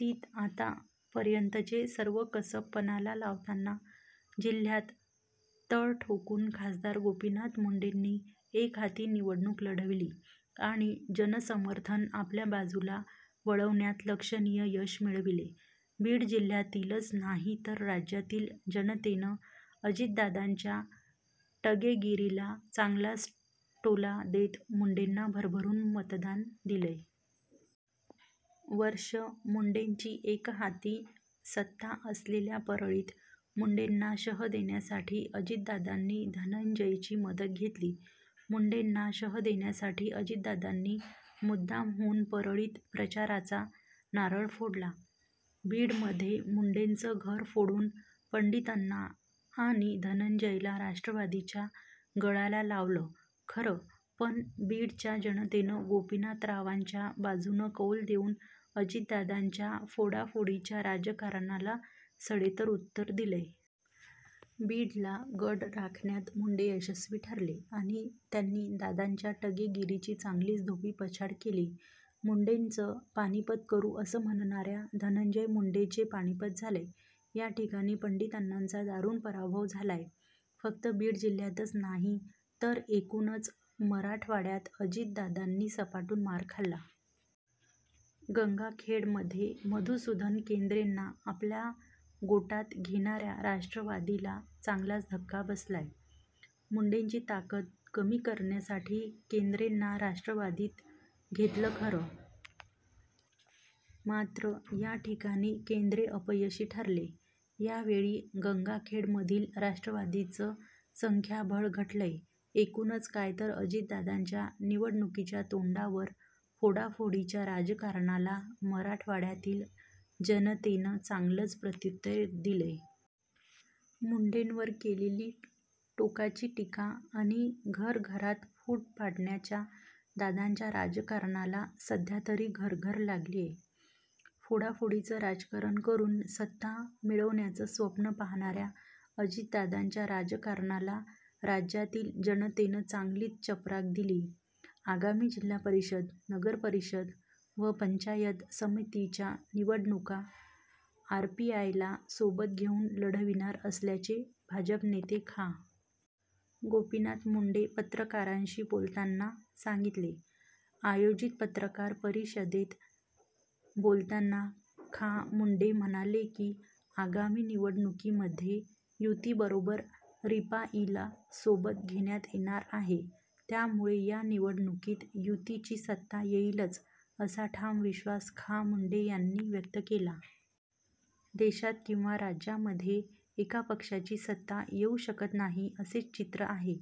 तीत आतापर्यंतचे सर्व कसब पणाला लावताना जिल्ह्य़ात तळ टोकून खासदार गोपीनाथ मुंडेंनी एकहाती निवडणूक लढविली आणि जनसमर्थन आपल्या बाजूला वळवण्यात लक्षणीय यश मिळविले. बीड जिल्ह्यातीलच नाही तर राज्यातील जनतेनं अजितदादांच्या टगेगिरीला चांगलाच टोला देत मुंडेंना भरभरून मतदान दिलंय. वर्ष मुंडेंची एकहाती सत्ता असलेल्या परळीत मुंडेंना शह देण्यासाठी अजितदादांनी धनंजयची मदत घेलली. मुंडेंना शह देण्यासाठी अजितदादांनी मुद्दामहून परळीत प्रचाराचा नारळ फोडला. बीडमध्ये मुंडेंचं घर फोडून पण्डितअण्णा आणि धनंजयला राष्ट्रवादीच्या गळाला लावलं खरं पण बीडच्या जनतेनं गोपीनाथरावांच्या बाजूनं कौल देऊन अजितदादांच्या फोडाफोडीच्या राजकारणाला सडेतोड उत्तर दिलंय. बीडला गड राखण्यात मुंडे यशस्वी ठरले आणि त्यांनी दादांच्या टगेगिरीची चांगलीच धोबीपछाड केलीय. मुंडेंचं पानिपत करू असं म्हणणाऱ्या धनंजय मुंडेंचे पानिपत झालंय. याठिकाणी पण्डितअण्णांचा दारुण पराभव झालाय. फक्त बीड जिल्ह्यातच नाही तर एकूणच मराठवाड्यात अजितदादांनी सपाटून मार खाल्ला. गंगाखेडमध्ये मधूसुदन केन्द्रेंना आपल्या गोटात घेणाऱ्या राष्ट्रवादीला चांगलाच धक्का बसलाय. मुंडेंची ताकद कमी करण्यासाठी केंद्रेंना राष्ट्रवादीत घेतलं खरं मात्र या ठिकाणी केंद्रे अपयशी ठरले. यावेळी गंगाखेडमधील राष्ट्रवादीचं संख्याबळ घटलंय. एकूणच काय तर अजितदादांच्या निवडणुकीच्या तोंडावर फोडाफोडीच्या राजकारणाला मराठवाड्यातील जनतेनं चांगलंच प्रत्यूत्तर दिलंय. मुंडेंवर केलेली टोकाची टीका आणि घर-घरात फुट पाडण्याच्या दादांच्या राजकारणाला सध्यातरी घरघर लागलीय. फोडा-फोडीचं राजकारण करून सत्ता मिळवण्याचं स्वप्न पाहणाऱ्या अजितदादांच्या राजकारणाला राज्यातील जनतेनं चांगलीच चपराक दिलीय. आगामी जिल्हा परिषद, नगर परिषद व पंचायत समितीच्या निवडणुका आरपीआयला सोबत घेऊन लढविणार असल्याचे भाजप नेते खा. गोपीनाथ मुंडे पत्रकारांशी बोलतांना सांगितले. आयोजित पत्रकार परिषदेत बोलतांना खा. मुंडे म्हणाले की, आगामी निवडणुकीमध्ये युती बरोबर रिपाईला सोबत घेण्यात येणार आहे. त्यामुळे या निवडणुकीत युतीची सत्ता येईलच असा ठाम विश्वास खा. मुंडे यांनी व्यक्त केला. देशात किंवा राज्यांमध्ये एका पक्षाची सत्ता येऊ शकत नाही असे चित्र आहे.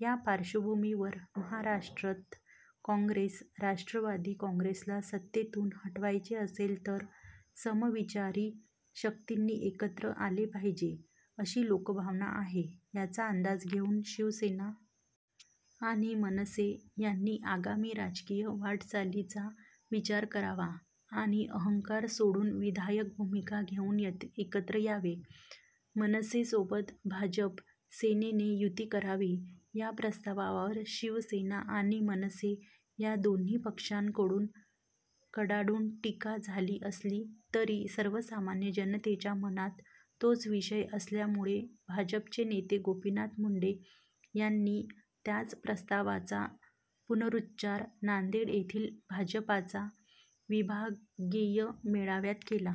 या पार्श्वभूमीवर महाराष्ट्रात काँग्रेस-राष्ट्रवादी काँग्रेसला सत्तेतून हटवायचे असेल तर समविचारी शक्तींनी एकत्र आले पाहिजे अशी लोकभावना आहे. याचा अंदाज घेऊन शिवसेना आणि मनसे यांनी आगामी राजकीय वाटचालीचा विचार करावा आणि अहंकार सोडून विधायक भूमिका घेऊन एकत्र यावे, मनसेसोबत भाजप -सेनेने युती करावी या प्रस्तावावर शिवसेना आणि मनसे या दोन्ही पक्षांकडून कडाडून टीका झाली असली तरी सर्वसामान्य जनतेच्या मनात तोच विषय असल्यामुळे भाजपचे नेते गोपीनाथ मुंडे यांनी त्याच प्रस्तावाचा पुनरूच्चार नांदेड येथील भाजपचा विभागीय मेळाव्यात केला.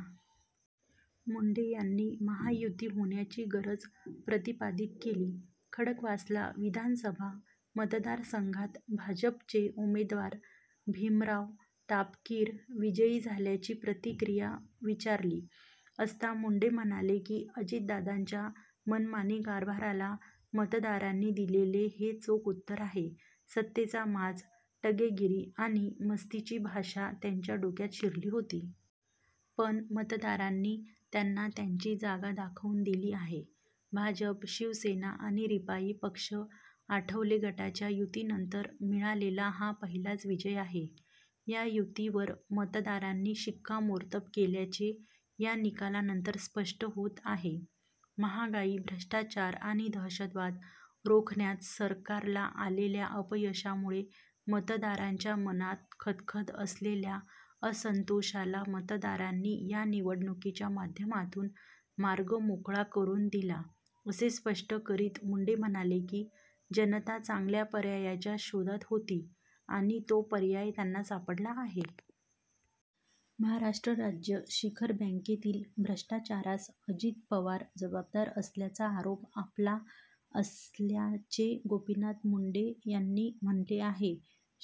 मुंडे यांनी महायुती होण्याची गरज प्रतिपादित केली. खडकवासला विधानसभा मतदारसंघात भाजपचे उमेदवार भीमराव तापकीर विजयी झाल्याची प्रतिक्रिया विचारली असता मुंडे म्हणाले की, अजितदादांच्या मनमानी कारभाराला मतदारांनी दिलेले हे चोख उत्तर आहे. सत्तेचा माज, टगेगिरी आणि मस्तीची भाषा त्यांच्या डोक्यात शिरली होती. पण, मतदारांनी त्यांना त्यांची जागा दाखवून दिली आहे. भाजप, शिवसेना आणि रिपाई पक्ष आठवले गटाच्या युतीनंतर मिळालेला हा पहिलाच विजय आहे. या युतीवर मतदारांनी शिक्कामोर्तब केल्याचे या निकालानंतर स्पष्ट होत आहे. महागाई, भ्रष्टाचार आणि दहशतवाद रोखण्यात सरकारला आलेल्या अपयशामुळे मतदारांच्या मनात खदखदत असलेल्या असन्तोषाला मतदारांनी या निवडणुकीच्या माध्यमातून मार्ग मोकळा करून दिला असे स्पष्ट करीत मुंडे म्हणाले की, जनता चांगल्या पर्यायाच्या शोधात होती आणि तो पर्याय त्यांना सापडला आहे.। महाराष्ट्र राज्य शिखर बँकेतील भ्रष्टाचारास अजित पवार जबाबदार असल्याचा आरोप आपला असल्याचे गोपीनाथ मुंडे यांनी म्हणले आहे.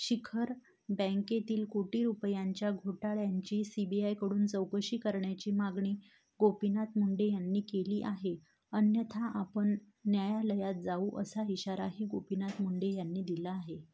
शिखर बँकेतील कोटी रुपयांच्या घोटाळ्याची सीबीआयकडून चौकशी करण्याची मागणी गोपीनाथ मुंडे यांनी केली आहे अन्यथा आपण न्यायालयात जाऊ असा इशाराही गोपीनाथ मुंडे यांनी दिला आहे.